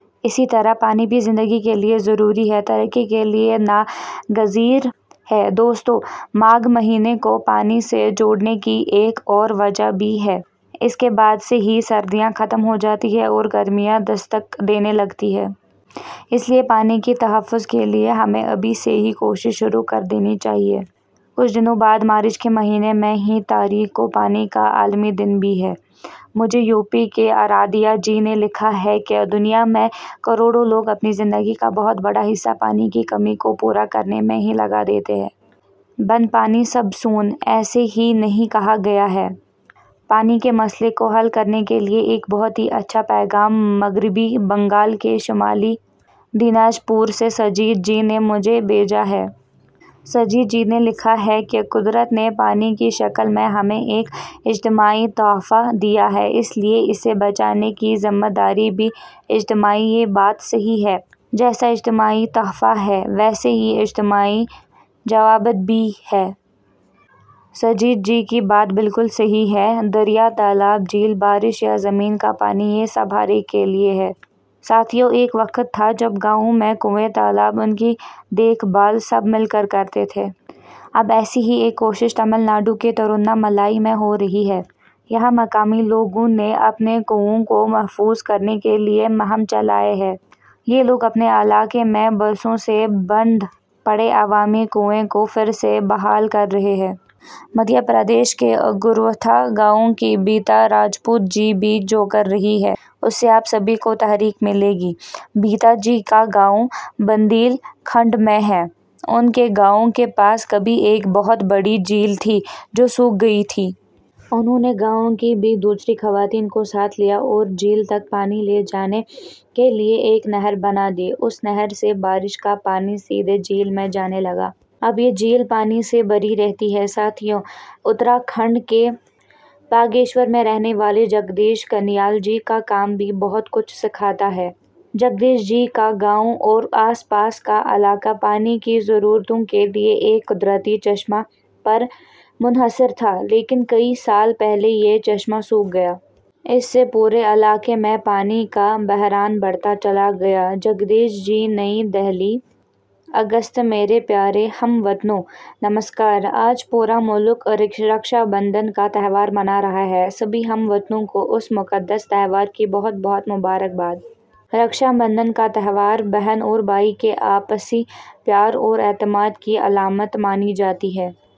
اسی طرح پانی بھی زندگی کے لئے ضروری ہے ، ترقی کے لئے نا گزیر ہے۔ دوستو ، ماگھ مہینے کو پانی سے جوڑنے کی ایک اور وجہ بھی ہے۔ اس کے بعد سے ہی سردیاں ختم ہو جاتی ہیں اور گرمیاں دستک دینے لگتی ہیں۔ اس لئے پانی کے تحفظ کے لئے ہمیں ابھی سے ہی کوششیں شروع کر دینی چاہئیں۔ کچھ دنوں بعد مارچ کے مہینے میں ہی تاریخ کو پانی کا عالمی دن بھی ہے۔ مجھے یو پی کی آرادھیا جی نے لکھا ہے کہ دنیا میں کروڑوں لوگ اپنی زندگی کا بہت بڑا حصہ پانی کی کمی کو پورا کرنے میں ہی لگا دیتے ہیں۔ 'بن پانی سب سون ' ایسے ہی نہیں کہا گیا ہے۔ پانی کے مسئلے کو حل کرنے کے لئے ایک بہت ہی اچھا پیغام مغربی بنگال کے شمالی دیناج پور سے سجیت جی نے مجھے بھیجا ہے۔ سجیت جی نے لکھا ہے کہ قدرت نے پانی کی شکل میں ہمیں ایک اجتماعی تحفہ دیا ہے۔ اس لئے اِسے بچانے کی ذمہ داری بھی اجتماعی ہے۔ یہ بات صحیح ہے ، جیسا اجتماعی تحفہ ہے ، ویسے ہی اجتماعی جوابدہی بھی ہے۔ سجیت جی کی بات بالکل صحیح ہے۔ دریا ، تالاب ، جھیل ، بارش یا زمین کا پانی یہ سب ہر ایک کے لئے ہیں۔ ساتھیو ، ایک وقت تھا ، جب گاؤں میں کنویں ، تالاب ، اِن کی دیکھ بھال سب مل کر کرتے تھے۔ اب ایسی ہی ایک کوشش تمل ناڈو کے ترووناّ ملائی میں ہو رہی ہے۔ یہاں مقامی لوگوں نے اپنے کنووں کو محفوظ کرنے کے لئے مہم چلائی ہے۔ یہ لوگ اپنے علاقے میں برسوں سے بند پڑے عوامی کنووں کو پھر سے بحال کر رہے ہیں۔ مدھیہ پردیش کے اگروتھا گاؤں کی ببیتا راجپوت جی بھی ، جو کر رہی ہیں ، اُس سے آپ سبھی کو تحریک ملے گی۔ ببیتا جی کا گاؤں بندیل کھنڈ میں ہے۔ اُن کے گاؤں کے پاس کبھی ایک بہت بڑی جھیل تھی ، جو سوکھ گئی تھی۔ انہوں نے گاؤں کی ہی دوسری خواتین کو ساتھ لیا اور جھیل تک پانی لے جانے کے لئے ایک نہر بنا دی۔ اس نہر سے بارش کا پانی سیدھے جھیل میں جانے لگا۔ اب یہ جھیل پانی سے بھری رہتی ہے۔ ساتھیو ، اترا کھنڈ کے باگیشور میں رہنے والے جگدیش کنیال جی کا کام بھی بہت کچھ سکھاتا ہے۔ جگدیش جی کا گاؤں اور آس پاس کا علاقہ پانی کی ضرورتوں کے لئے ایک قدرتی چشمہ پر منحصر تھا لیکن کئی سال پہلے یہ چشمہ سوکھ گیا۔ اس سے پورے علاقے میں پانی کا بحران بڑھتا چلا گیا۔ جگدیش جی. نئی دہلی۔ اگست میرے پیارے ہم وطنوں! نمسکار۔ آج پورا ملک رکشا بندھن کا تہوار منا رہا ہے۔ سبھی ہم وطنوں کو اس مقدس تہوار کی بہت بہت مبارکباد۔ رکشا بندھن کا تہوار بہن اور بھائی کے آپسی پیار اور اعتماد کی علامت مانی جاتی ہے۔